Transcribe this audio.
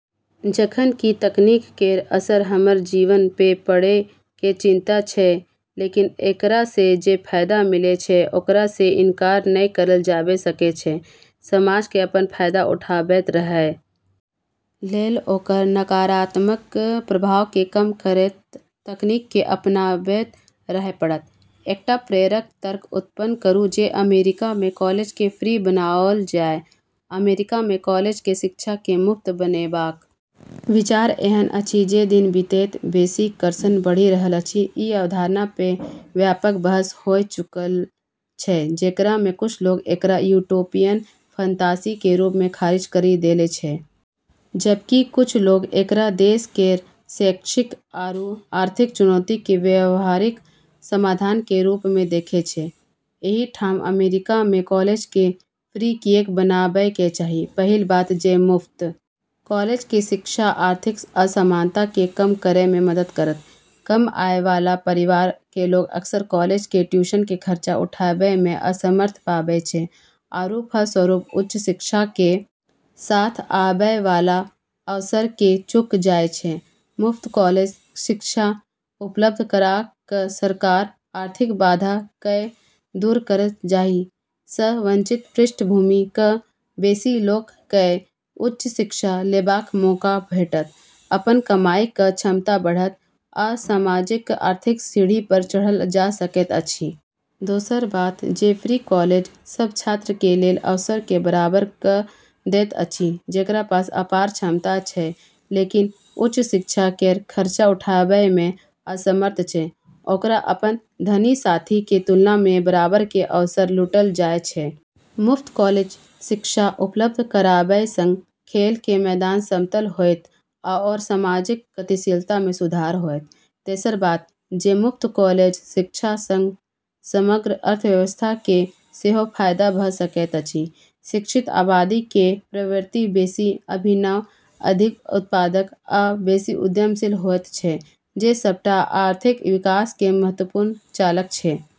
जखन कि तकनीक केरऽ असर हमरऽ जीवन पे पड़ै के चिंता छै लेकिन एकरा से जे फायदा मिलै छै ओकरा से इनकार नै करलऽ जाबे सकै छै। समाज के अपन फायदा उठाबैत रहय लेल ओकर नकारात्मक प्रभाव के कम करैत तकनीक के अपनाबैत रहय पड़त, एकटा प्रेरक तर्क उत्पन्न करू जे अमेरिका में कॉलेज के फ्री बनाओल जाय, अमेरिका में कॉलेज के शिक्षा के मुफ्त बनेबाक विचार एहन अछि जे दिन बीतैत बेसी कर्षण बढ़ि रहल अछि, ई अवधारणा पे व्यापक बहस होय चुकलऽ छै जेकरा मे कुछ लोगऽ एकरा यूटोपियन फंतासी के रूप मे खारिज करी देले छै जबकि कुछ लोगऽ एकरा देश केरऽ शैक्षिक आरू आर्थिक चुनौती के व्यावहारिक समाधान के रूप मे देखै छै, एहि ठाम अमेरिका मे कॉलेज के फ्री किएक बनाबय के चाही, पहिल बात जे मुफ्त कॉलेज के शिक्षा आर्थिक असमानता के कम करय मे मदद करत, कम आय वाला परिवार के लोग अक्सर कॉलेज के ट्यूशन के खर्चा उठाबै में असमर्थ पाबै छै आरू फलस्वरूप उच्च शिक्षा के साथ आबै वाला अवसर के चूक जाय छै, मुफ्त कॉलेज शिक्षा उपलब्ध करा क सरकार आर्थिक बाधा कए दूर करत जाहि स वंचित पृष्ठभूमि क बेसी लोक कए उच्च शिक्षा लेबाक मौका भेटत, अपन कमाई क क्षमता बढ़त, आ सामाजिक आर्थिक सीढ़ी पर चढ़ल जा सकैत अछि। दोसर बात जे फ्री कॉलेज सब छात्र के लेल अवसर के बराबर क दैत अछि जेकरा पास अपार क्षमता छै लेकिन उच्च शिक्षा केरऽ खर्चा उठाबै मे असमर्थ छै ओकरा अपनऽ धनी साथी के तुलना मे बराबर के अवसर लूटलऽ जाय छै। मुफ्त कॉलेज शिक्षा उपलब्ध कराबय सं खेल के मैदान समतल होएत आओर सामाजिक गतिशीलता मे सुधार होएत, तेसर बात जे मुफ्त कॉलेज शिक्षा सं समग्र अर्थव्यवस्था के सेहो फायदा भ सकैत अछि, शिक्षित आबादी कें प्रवृत्ति बेसि अभिनव, अधिक उत्पादक आ बेसि उद्यमशील होयत छै जे सबटा आर्थिक विकास कें महत्वपूर्ण चालक छै।